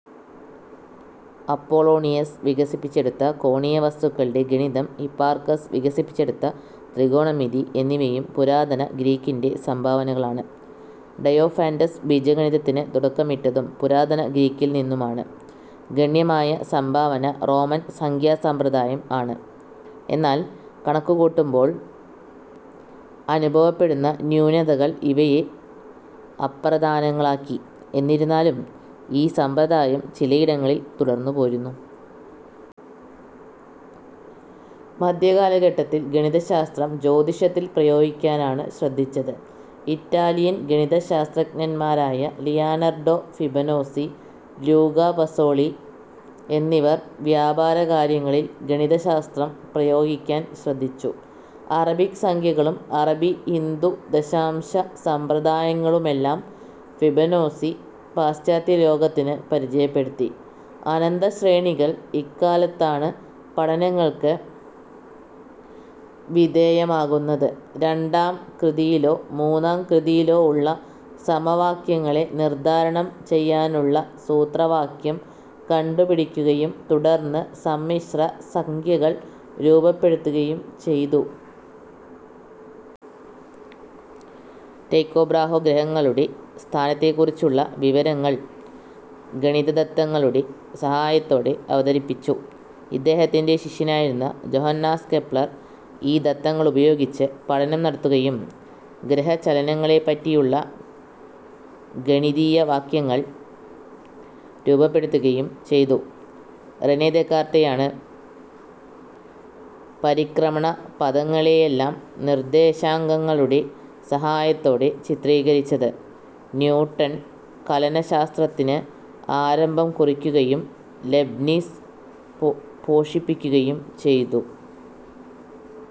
Apollonius വികസിപ്പച്ചെടുത്ത കോണീയ വസ്തുക്കളുടെ ഗണിതം, ഹിപ്പാർക്കസ് വികസിപ്പിച്ചെടുത്ത ത്രികോണമിതി എന്നിവയും പുരാതന ഗ്രീക്കിന്റെ സംഭാവനകളാണ്. ഡയോഫാന്റസ് ബീജഗണിതത്തിന് തുടക്കമിട്ടതും പുരാതന ഗ്രീക്കിൽ നിന്നുമാണ് ഗണ്യമായ സംഭാവന റോമൻ സംഖ്യാസമ്പ്രദായം ആണ്. എന്നാൽ കണക്കുകൂട്ടുമ്പോൾ അനുഭവപ്പെടുന്ന ന്യൂനതകൾ ഇവയെ അപ്രധാനങ്ങളാക്കി. എന്നിരുന്നാലും, ഈ സമ്പ്രദായം ചിലയിടങ്ങിൽ തുടർന്നുപോരുന്നു. മദ്ധ്യകാലഘട്ടങ്ങളിൽ ഗണിതശാസ്ത്രം ജ്യോതിഷത്തിൽ പ്രയോഗിയ്ക്കാനാണ് ശ്രദ്ധിച്ചത്. ഇറ്റാലിയൻ ഗണിതശാസ്ത്രജ്ഞന്മാരായ ലിയോനാർഡോ ഫിബനോസി, ലൂക പസോളി എന്നിവർ വ്യാപാരകാര്യങ്ങളിൽ ഗണിതശാസ്ത്രം പ്രയോഗിക്കാൻ ശ്രദ്ധിച്ചു. അറബിക് സംഖ്യകളും അറബി-ഹിന്ദു ദശാംശസമ്പ്രദായങ്ങളുമെല്ലാം ഫിബനോസി പാശ്ചാത്യലോകത്തിന് പരിചയപ്പെടുത്തി. അനന്തശ്രേണികൾ ഇക്കാലത്താണ് പഠനങ്ങൾക്ക് വിധേയമാകുന്നത്. രണ്ടാം കൃതിയിലോ മൂന്നാം കൃതിയിലോ ഉള്ള സമവാക്യങ്ങളെ നിർദ്ധാരണം ചെയ്യാനുള്ള സൂത്രവാക്യം കണ്ടുപിടിക്കുകയും തുടർന്ന് സമ്മിശ്രസംഖ്യകൾ രൂപപ്പെടുത്തുകയും ചെയ്തു. റ്റൈക്കോ ബ്രാഹെ ഗ്രഹങ്ങളുടെ സ്ഥാനത്തെക്കുറിച്ചുള്ള വിവരങ്ങൾ ഗണിതദത്തങ്ങളുടെ സഹായത്തോടെ അവതരിപ്പിച്ചു. ഇദ്ദേഹത്തിന്റെ ശിഷ്യനായിരുന്ന ജോഹന്നാസ് കെപ്ലർ ഈ ദത്തങ്ങളുപയോഗിച്ച് പഠനം നടത്തുകയും ഗ്രഹചലനങ്ങളെപ്പറ്റിയുള്ള ഗണിതീയവാക്യങ്ങൾ രൂപപ്പെടുത്തുകയും ചെയ്തു. റെനെ ദെക്കർത്തേയാണ് പരിക്രമണപഥങ്ങളെയെല്ലാം നിർദ്ദേശാങ്കങ്ങളുടെ സഹായത്തോടെ ചിത്രീകരിച്ചത്. ന്യൂട്ടൺ കലനശാസ്ത്രത്തിന് ആരംഭം കുറിയ്ക്കുകയും ലെബ്നിസ് പോഷിപ്പിയ്ക്കുകയും ചെയ്തു.